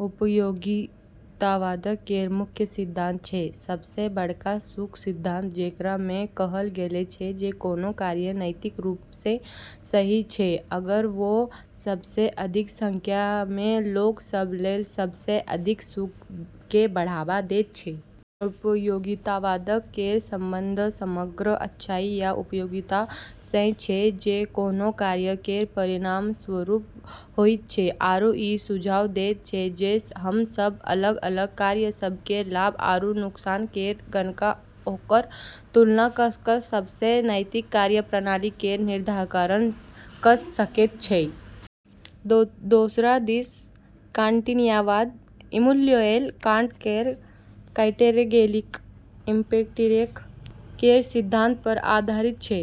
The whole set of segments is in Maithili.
उपयोगितावाद केर मुख्य सिद्धांत छै सब सँ बड़का सुख सिद्धांत, जेकरा मे कहल गेल छै जे कोनो कार्य नैतिक रूप सँ सही छै अगर ओ सब सँ अधिक संख्या मे लोक सभ लेल सब सँ अधिक सुख केँ बढ़ावा दैत छै। उपयोगितावाद केर संबंध समग्र अच्छाई या "उपयोगिता" सँ छै जे कोनो कार्य केर परिणामस्वरूप होइत छै, आरू ई सुझाव दैत छै जे हम सभ अलग-अलग कार्य सभ केर लाभ आरू नुकसान केर गणना आओर तुलना कऽ कऽ सब सँ नैतिक कार्य-प्रणाली केर निर्धारण कऽ सकैत छियै। दोसर दिस कांटियनवाद इमैनुएल कांट केर कैटेगोरिकल इम्परेटिव केर सिद्धांत पर आधारित छै,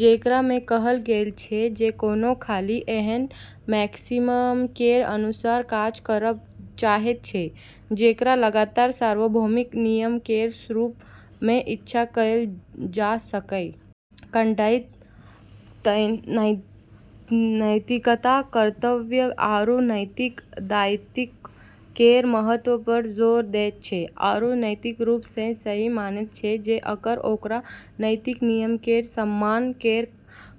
जेकरा मे कहल गेल छै जे कोनो खाली एहन मैक्सिम केर अनुसार काज करब चाहैत छै जेकरा लगातार सार्वभौमिक नियम केर रूप मे इच्छा कएल जा सकए। कांटियन नैतिकता कर्तव्य आरू नैतिक दायित्व केर महत्व पर जोर दैत छै, आरू नैतिक रूप सँ सही मानैत छै जे अगर ओकरा नैतिक नियम केर सम्मान केर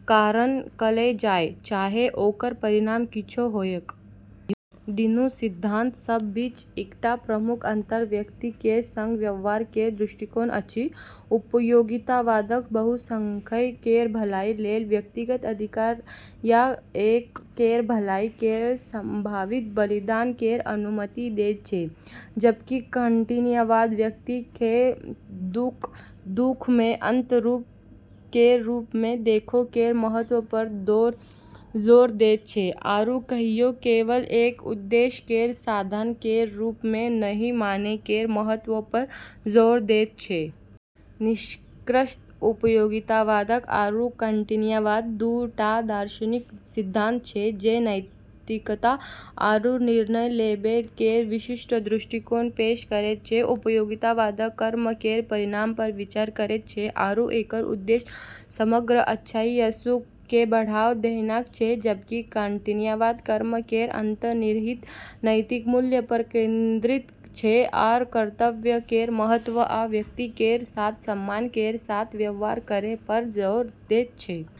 कारण कएल जाय, चाहे ओकर परिणाम किछौ होअय। दुनू सिद्धांत सभ बीच एकटा प्रमुख अंतर व्यक्ति केर संग व्यवहार केर दृष्टिकोण अछि। उपयोगितावाद बहुसंख्यक केर भलाई लेल व्यक्तिगत अधिकार या एक केर भलाई केर संभावित बलिदान केर अनुमति दैत छै, जबकि कांटियनवाद व्यक्ति केँ खुद मे अंत केर रूप मे देखै केर महत्व पर जोर दैत छै, आरू कहियो केवल एक उद्देश्य केर साधन केर रूप मे नहि मानै केर महत्व पर जोर दैत छै। निष्कर्षतः उपयोगितावाद आरू कांटियनवाद दू टा दार्शनिक सिद्धांत छै जे नैतिकता आरू निर्णय लेबै केर विशिष्ट दृष्टिकोण पेश करैत छै। उपयोगितावाद कर्म केर परिणाम पर विचार करैत छै आरू एकर उद्देश्य समग्र अच्छाई या सुख केँ बढ़ावा देनाय छै, जबकि कांटियनवाद कर्म केर अंतर्निहित नैतिक मूल्य पर केंद्रित छै आर कर्तव्य केर महत्व आ व्यक्ति केर साथ सम्मान केर साथ व्यवहार करै पर जोर दैत छै।